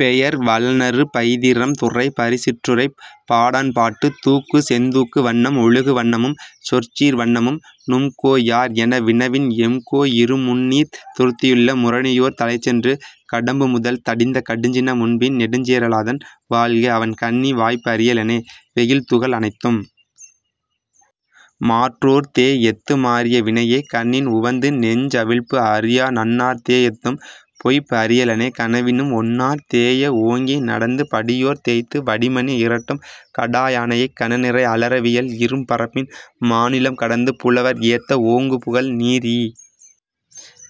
பெயர் வளனறு பைதிரம் துறை பரிசிற்றுறைப் பாடாண்பாட்டு தூக்கு செந்தூக்கு வண்ணம் ஒழுகு வண்ணமும் சொற்சீர் வண்ணமும் நும்கோ யார்என வினவின் எம்கோ இருமுந்நீர்த் துருத்தியுள் முரணியோர்த் தலைச்சென்று கடம்புமுதல் தடிந்த கடுஞ்சின முன்பின் நெடுஞ்சேர லாதன் வாழ்கஅவன் கண்ணி வாய்ப்அறி யலனே வெயில்துகள் அனைத்தும் மாற்றோர் தேஎத்து மாறிய வினையே கண்ணின் உவந்து நெஞ்அவிழ்பு அறியா நண்ணார் தேஎத்தும் பொய்ப்அறி யலனே கனவினும், ஒன்னார் தேய ஓங்கி நடந்து படியோர்த் தேய்த்து வடிமணி இரட்டும் கடாஅ யானைக் கணநிரை அலற வியல்இரும் பரப்பின் மாநிலம் கடந்து புலவர் ஏத்த ஓங்குபுகழ் நிறீஇ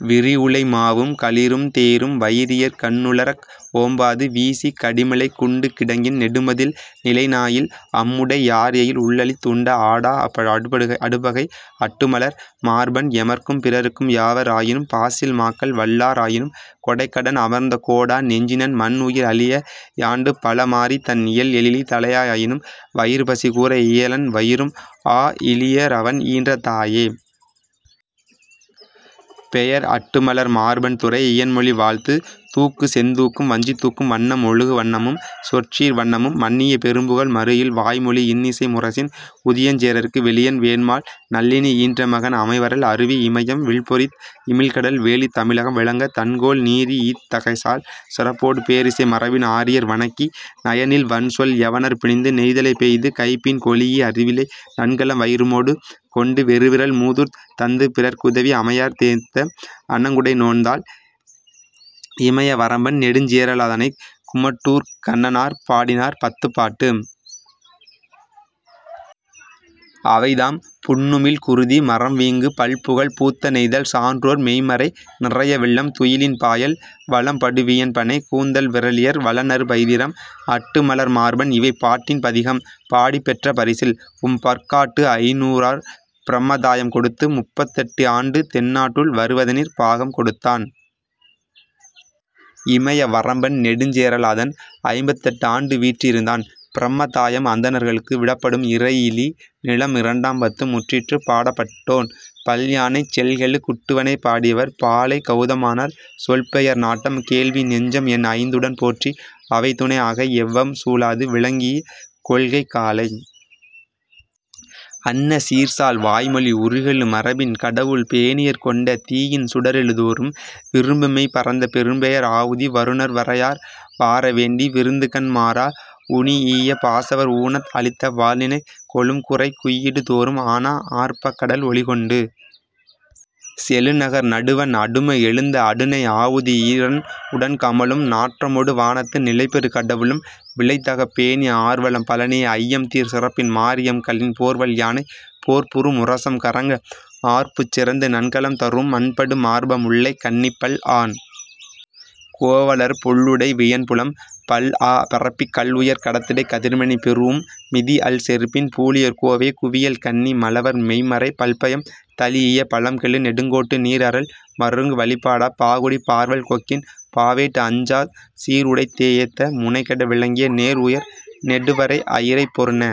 விரிஉளை மாவும் களிறும் தேரும் வயிரியர் கண்ணுளர்க் ஓம்பாது வீசிக் கடிமிளைக் குண்டுகிடங்கின் நெடுமதில் நிலைஞாயில் அம்உடை யார்எயில் உள்அழித் உண்ட அடாஅ அடுபகை அட்டுமலர் மார்பன் எமர்க்கும் பிறர்க்கும் யாவர் ஆயினும் பாசில் மாக்கள் வல்லார் ஆயினும் கொடைக்கடன் அமர்ந்த கோடா நெஞ்சினன் மன்உயிர் அழிய யாண்டுபல மாறித் தண்இயல் எழிலி தலையா ஆயினும் வயிறுபசி கூர ஈயலன் வயிறும்ஆ இலீயர்அவன் ஈன்ற தாயே. பெயர் அட்டுமலர் மார்பன் துறை இயன்மொழி வாழ்த்து தூக்கு செந்தூக்கும் வஞ்சித்தூக்கும் வண்ணம் ஒழுகு வண்ணமும் சொற்சீர் வண்ணமும் மன்னிய பெரும்புகழ் மறுஇல் வாய்மொழி இன்இசை முரசின் உதியஞ் சேரற்கு வெளியன் வேண்மாள் நல்லினி ஈன்றமகன் அமைவரல் அருவி இமையம் வில்பொறித் இமிழ்கடல் வேலித் தமிழகம் விளங்கத் தன்கோல் நிறீஇத் தகைசால் சிறப்பொடு பேர்இசை மரபின் ஆரியர் வணக்கி நயன்இல் வன்சொல் யவனர்ப் பிணித்து நெய்தலைப் பெய்து கைபின் கொளீஇ அருவிலை நன்கலம் வயிரமொடு கொண்டு பெருவிறல் மூதூர்த் தந்துபிறர்க் உதவி அமையார்த் தேய்த்த அணங்உடை நோன்தாள் இமையவரம்பன் நெடுஞ்சேரலாதனைக் குமட்டூர்க் கண்ணனார் பாடினார் பத்துப்பாட்டு. அவைதாம்: புண்ணுமிழ் குருதி, மறம்வீங்கு பல்புகழ், பூத்த நெய்தல், சான்றோர் மெய்ம்மறை, நிரைய வெள்ளம், துயிலின் பாயல், வலம்படுவியன்பணை, கூந்தல் விறலியர், வளனறு பைதிரம், அட்டுமலர்மார்பன் இவை பாட்டின் பதிகம். பாடிப்பெற்ற பரிசில்: உம்பற்காட்டு ஐந்நூறூர் பிரமதாயம் கொடுத்து முப்பத்தெட்டுயாண்டு தென்னாட்டுள் வருவதனிற் பாகம் கொடுத்தான். இமைய வரம்பன் நெடுஞ்சேரலாதன் ஐம்பத்தெட்டுயாண்டு வீற்றிருந்தான். பிரமதாயம் அந்தணர்களுக்கு விடப்படும் இறையிலி நிலம் இரண்டாம் பத்து முற்றிற்று பாடப்பட்டோன்: பல்யானைச் செல்கெழு குட்டுவனைப் பாடியவர்: பாலைக் கெளதமனார் சொல்பெயர் நாட்டம் கேள்வி நெஞ்சம்என் ஐந்உடன் போற்றி அவைதுணை ஆக எவ்வம் சூழாது விளங்கிய கொள்கைக் காலை அன்ன சீர்சால் வாய்மொழி உருகெழு மரபின் கடவுள் பேணியர் கொண்ட தீயின் சுடர்எழு தோறும் விரும்புமெய் பரந்த பெரும்பெயர் ஆவுதி வருநர் வரையார் வார வேண்டி விருந்துகண் மாறா உணீஇய பாசவர் ஊனத் அழித்த வால்நிணக் கொழும்குறை குய்யிடு தோறும் ஆனா ஆர்ப்பக் கடல்ஒலி கொண்டு செழுநகர் நடுவண் அடுமை எழுந்த அடுநெய் ஆவுதி இரண்உடன் கமழும் நாற்றமொடு வானத்து நிலைபெறு கடவுளும் விழைதகப் பேணி ஆர்வளம் பழுனிய ஐயம்தீர் சிறப்பின் மாரிஅம் கள்ளின் போர்வல் யானைப் போர்ப்உறு முரசம் கறங்க ஆர்ப்புச்சிறந்து நன்கலம் தரூஉம் மண்படு மார்ப முல்லைக் கண்ணிப் பல்ஆன் கோவலர் புல்உடை வியன்புலம் பல்ஆ பரப்பிக் கல்உயர் கடத்இடைக் கதிர்மணி பெறூஉம் மிதிஅல் செருப்பின் பூழியர் கோவே குவியல் கண்ணி மழவர் மெய்ம்மறை பல்பயம் தழீஇய பயம்கெழு நெடுங்கோட்டு நீர்அறல் மருங்கு வழிப்படாப் பாகுடிப் பார்வல் கொக்கின் பாவேட் அஞ்சாச் சீர்உடைத் தேஎத்த முனைகெட விலங்கிய நேர்உயர் நெடுவரை அயிரைப் பொருந